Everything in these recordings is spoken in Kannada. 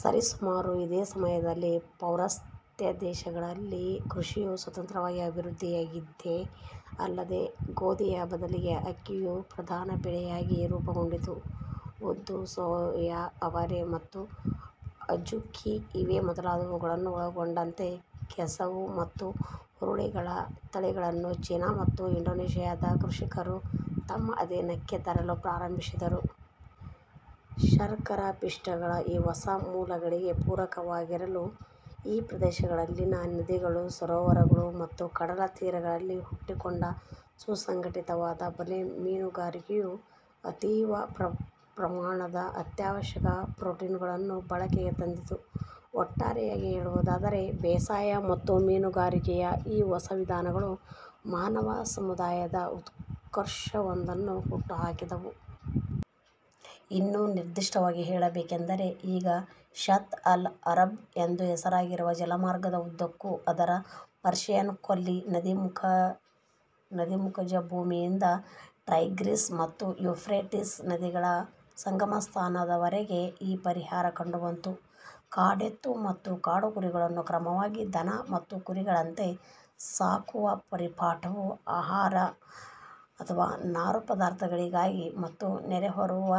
ಸರಿ ಸುಮಾರು ಇದೇ ಸಮಯದಲ್ಲಿ, ಪೌರಸ್ತ್ಯ ದೇಶಗಳಲ್ಲಿ ಕೃಷಿಯು ಸ್ವತಂತ್ರವಾಗಿ ಅಭಿವೃದ್ಧಿಯಾಗಿದ್ದೇ ಅಲ್ಲದೇ, ಗೋಧಿ ಯ ಬದಲಿಗೆ ಅಕ್ಕಿ ಯು ಪ್ರಧಾನ ಬೆಳೆಯಾಗಿ ರೂಪುಗೊಂಡಿತು. ಉದ್ದು, ಸೋಯಾ ಅವರೆ ಮತ್ತು ಅಝುಕಿ ಇವೇ ಮೊದಲಾದವುಗಳನ್ನು ಒಳಗೊಂಡಂತೆ ಕೆಸವು ಮತ್ತು ಹುರುಳಿಗಳ ತಳಿಗಳನ್ನು ಚೀನಾ ಮತ್ತು ಇಂಡೋನೇಷಿಯಾದ ಕೃಷಿಕರು ತಮ್ಮ ಅಧೀನಕ್ಕೆ ತರಲು ಪ್ರಾರಂಭಿಸಿದರು. ಶರ್ಕರಪಿಷ್ಟಗಳ ಈ ಹೊಸ ಮೂಲಗಳಿಗೆ ಪೂರಕವಾಗಿರಲು, ಈ ಪ್ರದೇಶಗಳಲ್ಲಿನ ನದಿಗಳು, ಸರೋವರಗಳು ಮತ್ತು ಕಡಲ ತೀರಗಳಲ್ಲಿ ಹುಟ್ಟಿಕೊಂಡ ಸುಸಂಘಟಿತವಾದ ಬಲೆ- ಮೀನುಗಾರಿಕೆಯು ಅತೀವ ಪ್ರಮಾಣದ ಅತ್ಯಾವಶ್ಯಕ ಪ್ರೊಟೀನುಗಳನ್ನು ಬಳಕೆಗೆ ತಂದಿತು. ಒಟ್ಟಾರೆಯಾಗಿ ಹೇಳುವುದಾದರೆ, ಬೇಸಾಯ ಮತ್ತು ಮೀನುಗಾರಿಕೆಯ ಈ ಹೊಸ ವಿಧಾನಗಳು ಮಾನವ ಸಮುದಾಯದ ಉತ್ಕರ್ಷವೊಂದನ್ನು ಹುಟ್ಟುಹಾಕಿದವು. ಇನ್ನೂ ನಿರ್ದಿಷ್ಟವಾಗಿ ಹೇಳಬೇಕೆಂದರೆ, ಈಗ ಷತ್ ಅಲ್-ಅರಬ್ ಎಂದು ಹೆಸರಾಗಿರುವ ಜಲಮಾರ್ಗದ ಉದ್ದಕ್ಕೂ, ಅದರ ಪರ್ಷಿಯನ್ ಕೊಲ್ಲಿ ನದೀಮುಖಜಭೂಮಿಯಿಂದ ಟೈಗ್ರಿಸ್ ಮತ್ತು ಯೂಫ್ರೆಟೀಸ್ ನದಿಗಳ ಸಂಗಮಸ್ಥಾನದವರೆಗೆ ಈ ಪರಿಪಾಠ ಕಂಡುಬಂತು. ಕಾಡೆತ್ತು ಮತ್ತು ಕಾಡುಕುರಿಗಳನ್ನು ಕ್ರಮವಾಗಿ ದನ ಮತ್ತು ಕುರಿಗಳಂತೆ ಸಾಕುವ ಪರಿಪಾಠವು ಆಹಾರ/ನಾರು ಪದಾರ್ಥಗಳಿಗಾಗಿ ಮತ್ತು ಹೊರೆಹೊರುವ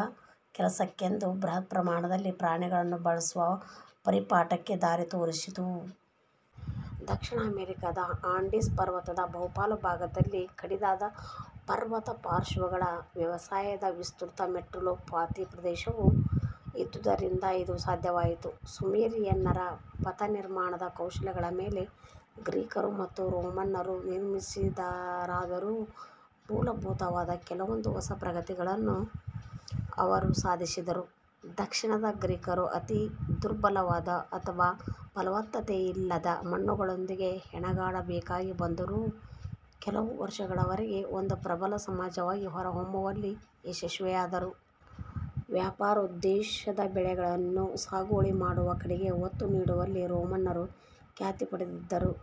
ಕೆಲಸಕ್ಕೆಂದು ಬೃಹತ್-ಪ್ರಮಾಣದಲ್ಲಿ ಪ್ರಾಣಿಗಳನ್ನು ಬಳಸುವ ಪರಿಪಾಠಕ್ಕೆ ದಾರಿ ತೋರಿಸಿತು. ದಕ್ಷಿಣ ಅಮೆರಿಕದ ಆಂಡೀಸ್ ಪರ್ವತದ ಬಹುಪಾಲು ಭಾಗದಲ್ಲಿ ಕಡಿದಾದ ಪರ್ವತಪಾರ್ಶ್ವಗಳ ವ್ಯವಸಾಯದ ವಿಸ್ತೃತ ಮೆಟ್ಟಿಲುಪಾತಿ ಪ್ರದೇಶವು ಇದ್ದುದರಿಂದ ಇದು ಸಾಧ್ಯವಾಯಿತು. ಸುಮೇರಿಯನ್ನರ ಪಥನಿರ್ಮಾಣದ ಕೌಶಲಗಳ ಮೇಲೆ ಗ್ರೀಕರು ಮತ್ತು ರೋಮನ್ನರು ನಿರ್ಮಿಸಿದರಾದರೂ, ಮೂಲಭೂತವಾದ ಕೆಲವೊಂದು ಹೊಸ ಪ್ರಗತಿಗಳನ್ನು ಅವರು ಸಾಧಿಸಿದರು. ದಕ್ಷಿಣದ ಗ್ರೀಕರು ಅತಿ ದುರ್ಬಲವಾದ ಅಥವಾ ಫಲವತ್ತತೆಯಿಲ್ಲದ ಮಣ್ಣುಗಳೊಂದಿಗೆ ಹೆಣಗಾಡಬೇಕಾಗಿ ಬಂದರೂ, ಕೆಲವು ವರ್ಷಗಳವರೆಗೆ ಒಂದು ಪ್ರಬಲ ಸಮಾಜವಾಗಿ ಹೊರಹೊಮ್ಮುವಲ್ಲಿ ಯಶಸ್ವಿಯಾದರು. ವ್ಯಾಪಾರೋದ್ದೇಶದ ಬೆಳೆಗಳನ್ನು ಸಾಗುವಳಿ ಮಾಡುವ ಕಡೆಗೆ ಒತ್ತು ನೀಡುವಲ್ಲಿ ರೋಮನ್ನರು ಖ್ಯಾತಿ ಪಡೆದಿದ್ದರು.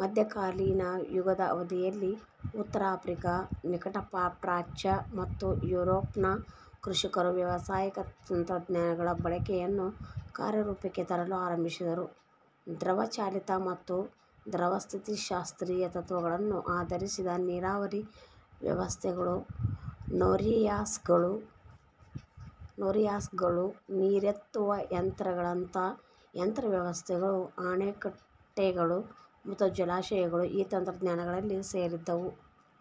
ಮಧ್ಯಕಾಲೀನ ಯುಗದ ಅವಧಿಯಲ್ಲಿ, ಉತ್ತರ ಆಫ್ರಿಕಾ, ನಿಕಟಪ್ರಾಚ್ಯ, ಮತ್ತು ಯುರೋಪ್ನ ಕೃಷಿಕರು ವ್ಯಾವಸಾಯಿಕ ತಂತ್ರಜ್ಞಾನಗಳ ಬಳಕೆಯನ್ನು ಕಾರ್ಯರೂಪಕ್ಕೆ ತರಲು ಆರಂಭಿಸಿದರು. ದ್ರವಚಾಲಿತ ಮತ್ತು ದ್ರವಸ್ಥಿತಿಶಾಸ್ತ್ರೀಯ ತತ್ತ್ವಗಳನ್ನು ಆಧರಿಸಿದ ನೀರಾವರಿ ವ್ಯವಸ್ಥೆಗಳು, ನೋರಿಯಾಸ್ಗಳು, ನೀರೆತ್ತುವ ಯಂತ್ರಗಳಂಥ ಯಂತ್ರವ್ಯವಸ್ಥೆಗಳು, ಅಣೆಕಟ್ಟೆಗಳು, ಮತ್ತು ಜಲಾಶಯಗಳು ಈ ತಂತ್ರಜ್ಞಾನಗಳಲ್ಲಿ ಸೇರಿದ್ದವು.